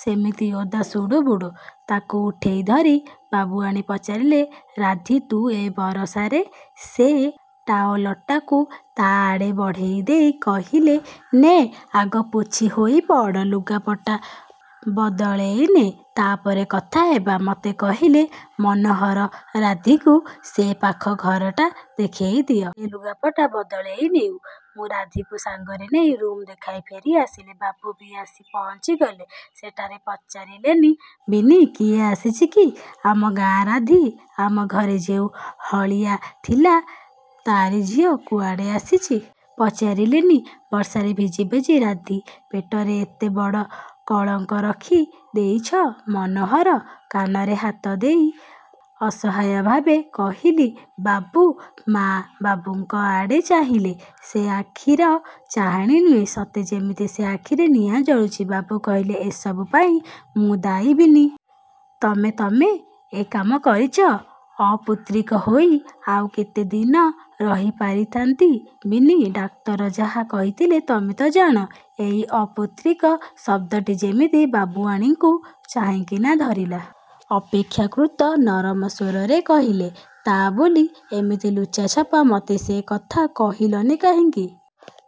ସେମିତି ଓଦା ସୁଡ଼ୁବୁଡ଼ୁ। ତାକୁ ଉଠେଇ ଧରି ବାବୁଆଣୀ ପଚାରିଲେ ରାଧି, ତୁ ଏ ବରଷାରେ? ସେ ଟାଓଲଟାକୁ ତା' ଆଡ଼େ ବଢ଼େଇ ଦେଇ କହିଲେ ନେ, ଆଗ ପୋଛି ହୋଇ ପଡ଼। ଲୁଗାପଟା ବଦଳେଇ ନେ। ତା'ପରେ କଥା ହେବା। ମୋତେ କହିଲେ-ମନୋହର, ରାଧିକୁ ସେ ପାଖ ଘରଟା ଦେଖେଇ ଦିଅ। ସେ ଲୁଗାପଟା ବଦଳେଇ ନେଉ। ମୁଁ ରାଧିକୁ ସାଙ୍ଗରେ ନେଇ ରୁମ୍ ଦେଖାଇ ଫେରି ଆସିଲି। ବାବୁ ବି ଆସି ପହଁଚିଗଲେ ସେଠାରେ। ପଚାରିଲେ-ବିନି! କିଏ ଆସିଚି କି? ଆମ ଗାଆଁ ରାଧି। ଆମ ଘରେ ଯେଉଁ ହଳିଆ ଥିଲା ତା'ରି ଝିଅ। କୁଆଡ଼େ ଆସିଛି? ପଚାରିନି। ବର୍ଷାରେ ଭିଜି ଭିଜି। ରାଧି ପେଟରେ ଏତେ ବଡ଼ କଳଙ୍କ ରଖି ଦେଇଛ ମନୋହର? କାନରେ ହାତ ଦେଇ ଅସହାୟ ଭାବେ କହିଲି-ବାବୁ ମାଆ ବାବୁଙ୍କ ଆଡ଼େ ଚାହିଁଲେ। ସେ ଆଖିର ଚାହାଁଣୀ ନୁହେଁ, ସତେ ଯେମିତି ସେ ଆଖିରେ ନିଆଁ ଜଳୁଛି। ବାବୁ କହିଲେ-ଏ ସବୁ ପାଇଁ ମୁଁ ଦାୟୀ ବିନି। ତମେ ତମେ ଏ କାମ କରିଛ? ଅପୁତ୍ରିକ ହୋଇ ଆଉ କେତେ ଦିନ ରହିପାରିଥାନ୍ତି ବିନି। ଡାକ୍ତର ଯାହା କହିଥିଲେ ତମେ ତ ଜାଣ। ଏଇ 'ଅପୁତ୍ରିକ' ଶବ୍ଦଟି ଯେମିତି ବାବୁଆଣୀଙ୍କୁ ଚାଇଁକିନା ଧରିଲା। ଅପେକ୍ଷାକୃତ ନରମ ସ୍ଵରରେ କହିଲେ-ତା' ବୋଲି ଏମିତି ଲୁଚାଛପା ମତେ ସେ କଥା କହିଲନି କାହିଁକି?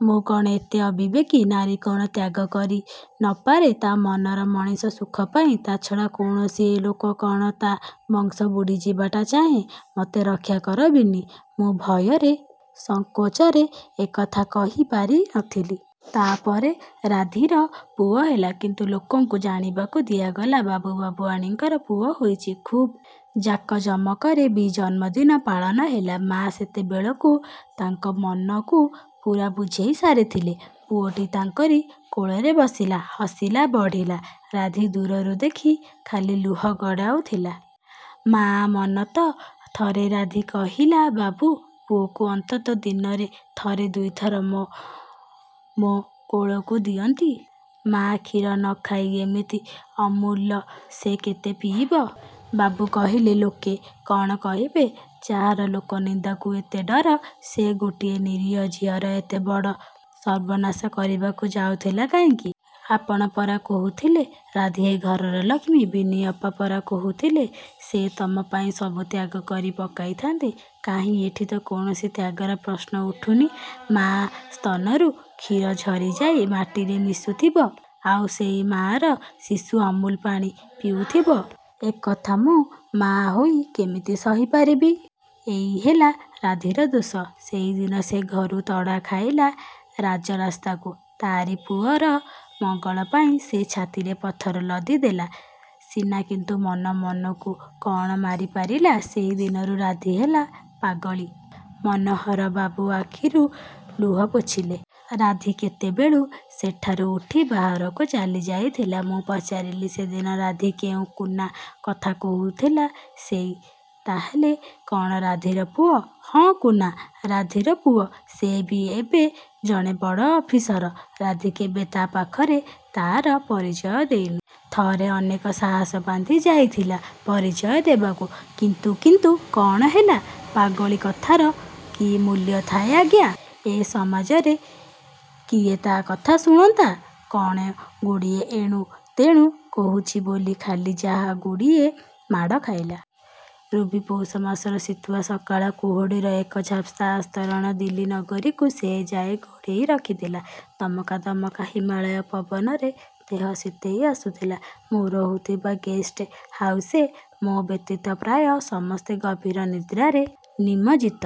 ମୁଁ କ'ଣ ଏତେ ଅବିବେକୀ। ନାରୀ କ'ଣ ତ୍ୟାଗ କରି ନ ପାରେ ତା' ମନର ମଣିଷର ସୁଖ ପାଇଁ। ତା'ଛଡ଼ା କୌଣସି ଲୋକ କ'ଣ ତା' ବଂଶ ବୁଡ଼ିଯିବାଟା ଚାହେଁ! ମୋତେ ରକ୍ଷାକର ବିନି। ମୁଁ ଭୟରେ, ସଂକୋଚରେ ଏକଥା କହି ପାରି ନଥିଲି। ତା' ପରେ ରାଧିର ପୁଅ ହେଲା; କିନ୍ତୁ ଲୋକଙ୍କୁ ଜାଣିବାକୁ ଦିଆଗଲା ବାବୁ ବାବୁଆଣୀଙ୍କର ପୁଅ ହୋଇଛି। ଖୁବ୍ ଜାକଜମକରେ ବି ଜନ୍ମଦିନ ପାଳନ ହେଲା। ମାଆ ସେତେବେଳକୁ ତାଙ୍କ ମନକୁ ପୁରା ବୁଝେଇ ସାରିଥିଲେ। ପୁଅଟି ତାଙ୍କରି କୋଳରେ ବସିଲା, ହସିଲା, ବଢ଼ିଲା। ରାଧି ଦୂରରୁ ଦେଖି ଖାଲି ଲୁହ ଗଡ଼ାଉଥିଲା। ମାଆ ମନ ତ! ଥରେ ରାଧି କହିଲା-ବାବୁ, ପୁଅକୁ ଅନ୍ତତଃ ଦିନରେ ଥରେ ଦୁଇଥର ମୋ ମୋ କୋଳକୁ ଦିଅନ୍ତି। ମାଆ କ୍ଷୀର ନଖାଇ ଏମିତି ଅମୂଲ ସେ କେତେ ପିଇବ? ବାବୁ କହିଲେ-ଲୋକେ କ'ଣ କହିବେ? ଯାହାର ଲୋକନିନ୍ଦାକୁ ଏତେ ଡର ସେ ଗୋଟିଏ ନିରୀହ ଝିଅର ଏତେ ବଡ଼ ସର୍ବନାଶ କରିବାକୁ ଯାଉଥିଲା କାହିଁକି? ଆପଣ ପରା କହୁଥିଲେ-ରାଧି ଏ ଘରର ଲକ୍ଷ୍ମୀ। ବିନି ଅପା ପରା କହୁଥିଲେ-ସେ ତମ ପାଇଁ ସବୁ ତ୍ୟାଗ କରି ପକାଇଥାନ୍ତେ-କାହିଁ ଏଠି ତ କୌଣସି ତ୍ୟାଗର ପ୍ରଶ୍ନ ଉଠୁନି। ମାଆ ସ୍ତନରୁ କ୍ଷୀର ଝରିଯାଇ ମାଟିରେ ମିଶୁଥିବ ଆଉ ସେହି ମାଆର ଶିଶୁ ଅମୁଲ ପାଣି ପିଉଥିବ-ଏ କଥା ମୁଁ ମାଆ ହୋଇ କେମିତି ସହିପାରିବି? ଏଇ ହେଲା ରାଧିର ଦୋଷ। ସେଇଦିନ ସେ ଘରୁ ତଡ଼ା ଖାଇଲା ରାଜ ରାସ୍ତାକୁ। ତାରି ପୁଅର ମଙ୍ଗଳ ପାଇଁ ସେ ଛାତିରେ ପଥର ଲଦି ଦେଲା ସିନା କିନ୍ତୁ ମନ ମନକୁ କ'ଣ ମାରିପାରିଲା? ସେଇ ଦିନରୁ ରାଧି ହେଲା ପାଗଳୀ। ମନୋହର ବାବୁ ଆଖିରୁ ଲୁହ ପୋଛିଲେ। ରାଧି କେତେବେଳୁ ସେଠାରୁ ଉଠି ବାହାରକୁ ଚାଲିଯାଇଥିଲା। ମୁଁ ପଚାରିଲି-ସେଦିନ ରାଧି ଯେଉଁ କୁନା କଥା କହୁଥିଲା ସେଇ ତା'ହେଲେ କ'ଣ ରାଧିର ପୁଅ? ହଁ କୁନା ରାଧିର ପୁଅ। ସେ ବି ଏବେ ଜଣେ ବଡ଼ ଅଫିସର। ରାଧି କେବେ ତା' ପାଖରେ ତା'ର ପରିଚୟ ଦେଇନି। ଥରେ ଅନେକ ସାହସ ବାନ୍ଧି ଯାଇଥିଲା ପରିଚୟ ଦେବାକୁ। କିନ୍ତୁ କିନ୍ତୁ କ'ଣ ହେଲା? ପାଗଳୀ କଥାର କି ମୂଲ୍ୟ ଥାଏ ଆଜ୍ଞା ଏ ସମାଜରେ? କିଏ ତା' କଥା ଶୁଣନ୍ତା! କ'ଣ ଗୁଡ଼ିଏ ଏଣୁ ତେଣୁ କହୁଛି ବୋଲି ଖାଲି ଯାହା ଗୁଡ଼ିଏ ମାଡ଼ ଖାଇଲା। ରୁବି ପୌଷ ମାସର ଶୀତୁଆ ସକାଳ। କୁହୁଡ଼ିର ଏକ ଝାପ୍ସା ଆସ୍ତରଣ ଦିଲ୍ଲୀ ନଗରୀକୁ ସେ ଯାଏ ଘୋଡ଼େଇ ରଖିଥିଲା। ଦମକା ଦମକା ହିମାଳୟ ପବନରେ ଦେହ ଶୀତେଇ ଆସୁଥିଲା-। ମୁଁ ରହୁଥିବା ଗେଷ୍ଟ ହାଉସ୍ରେ ମୋ' ବ୍ୟତୀତ ପ୍ରାୟ ସମସ୍ତେ ଗଭୀର ନିଦ୍ରାରେ ନିମଜ୍ଜିତ-।